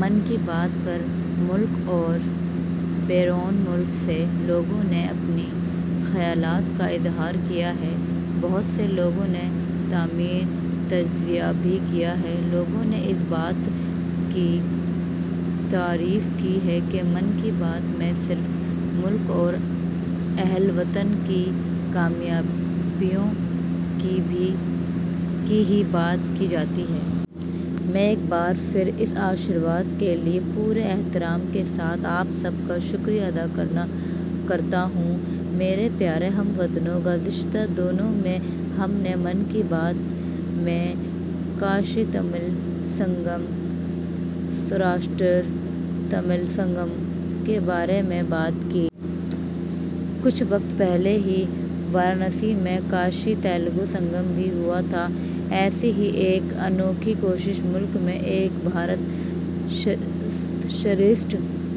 'من کی بات' پر ملک اور بیرون ملک سے لوگوں نے اپنے خیالات کا اظہار کیا ہے۔ بہت سے لوگوں نے تعمیری تجزیہ بھی کیا ہے۔ لوگوں نے اس بات کی تعریف کی ہے کہ 'من کی بات' میں صرف ملک اور اہل وطن کی کامیابیوں کی ہی بات کی جاتی ہے۔ میں ایک بار پھر اس آشیرواد کے لیے پورے احترام کے ساتھ آپ سب کا شکریہ ادا کرتا ہوں۔ میرے پیارے ہم وطنو، گذشتہ دنوں میں ہم نے 'من کی بات' میں کاشی-تمل سنگم، سوراشٹر-تمل سنگم کے بارے میں بات کی۔ کچھ وقت پہلے ہی وارانسی میں کاشی-تیلگو سنگمم بھی ہوا تھا۔ ایسی ہی ایک انوکھی کوشش ملک میں ایک بھارت، شریشٹھ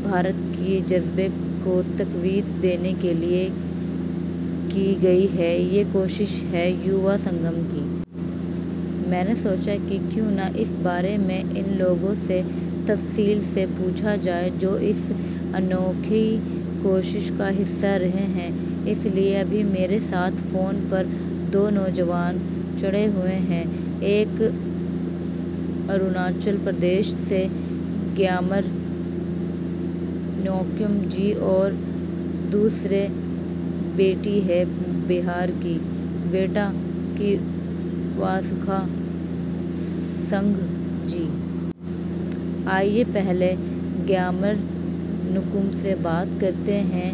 بھارت کے جذبے کو تقویت دینے کے لیے کی گئی ہے۔ یہ کوشش ہے ، یووا سنگم کی۔ میں نے سوچا کہ کیوں نہ اس بارے میں ان لوگوں سے تفصیل سے پوچھا جائے ، جو اس انوکھی کوشش کا حصہ رہے ہیں۔ اس لیے ابھی میرے ساتھ فون پر دو نوجوان جڑے ہوئے ہیں – ایک اروناچل پردیش سے گیامر نیوکُم جی اور دوسری بیٹی ہے ، بہار کی بٹیا کی وشاکھا سنگھ جی۔ آئیے پہلے گیامر نیوکُم سے بات کرتے ہیں۔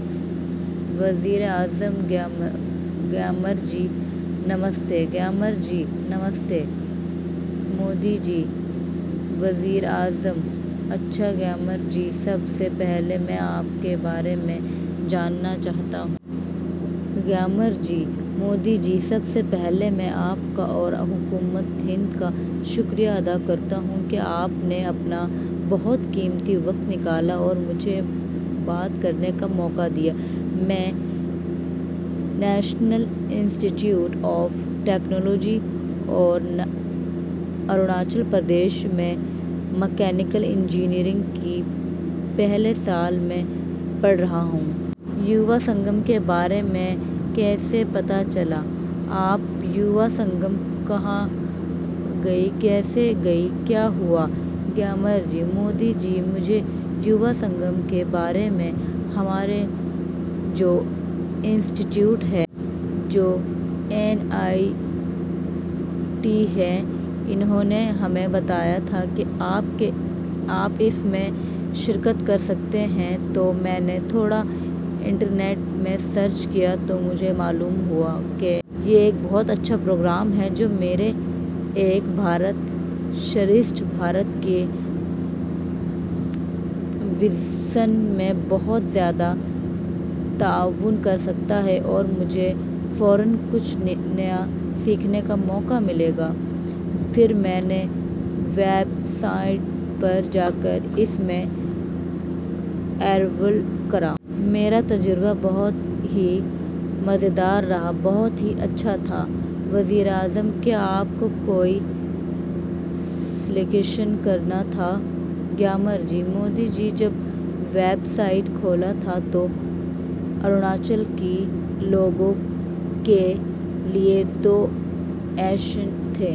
وزیر اعظم: گیامر جی، نمستے! گیامر جی: نمستے مودی جی! وزیر اعظم: اچھا گیامر جی، سب سے پہلے میں آپ کے بارے میں جاننا چاہتا ہوں۔ گیامر جی – مودی جی، سب سے پہلے میں آپ کا اور حکومت ہند کا شکریہ ادا کرتا ہوں کہ آپ نے اپنا بہت قیمتی وقت نکالا اور مجھے بات کرنے کا موقع دیا، میں National Institute of Technology, Arunachal Pradesh میں مکینیکل انجینئرنگ کے پہلے سال میں پڑھ رہا ہوں۔ یووا سنگم کے بارے میں کیسے پتہ چلا، آپ یووا سنگم کہاں گئے، کیسے گئے، کیا ہوا؟ گیامر جی: مودی جی، مجھے یووا سنگم کے بارے میں ، ہمارا جو انسٹی ٹیوٹ ہے ، جو این آئی ٹی ہیں ، انہوں نے ہمیں بتایا تھا کہ آپ اس میں شرکت کر سکتے ہیں تو میں نے تھوڑا انٹرنیٹ میں سرچ کیا تو مجھے معلوم ہوا کہ یہ ایک بہت اچھا پروگرام ہے، جو میرے ایک بھارت شریشٹھ بھارت کے ویژن میں بہت زیادہ تعاون کر سکتا ہے اور مجھے فوراً کچھ نیا سیکھنے کا موقع ملے گا، پھر میں نے ویب سائٹ پر جا کر اس میں اینرول کرا۔ میرا تجربہ بہت ہی مزیدار رہا ، بہت ہی اچھا تھا۔ وزیراعظم: کیا آپ کو کوئی سلیکشن کرنا تھا؟ گیامر جی: مودی جی ، جب ویب سائٹ کھولا تھا تو اروناچل کے لوگوں کے لیے دو آپشن تھے۔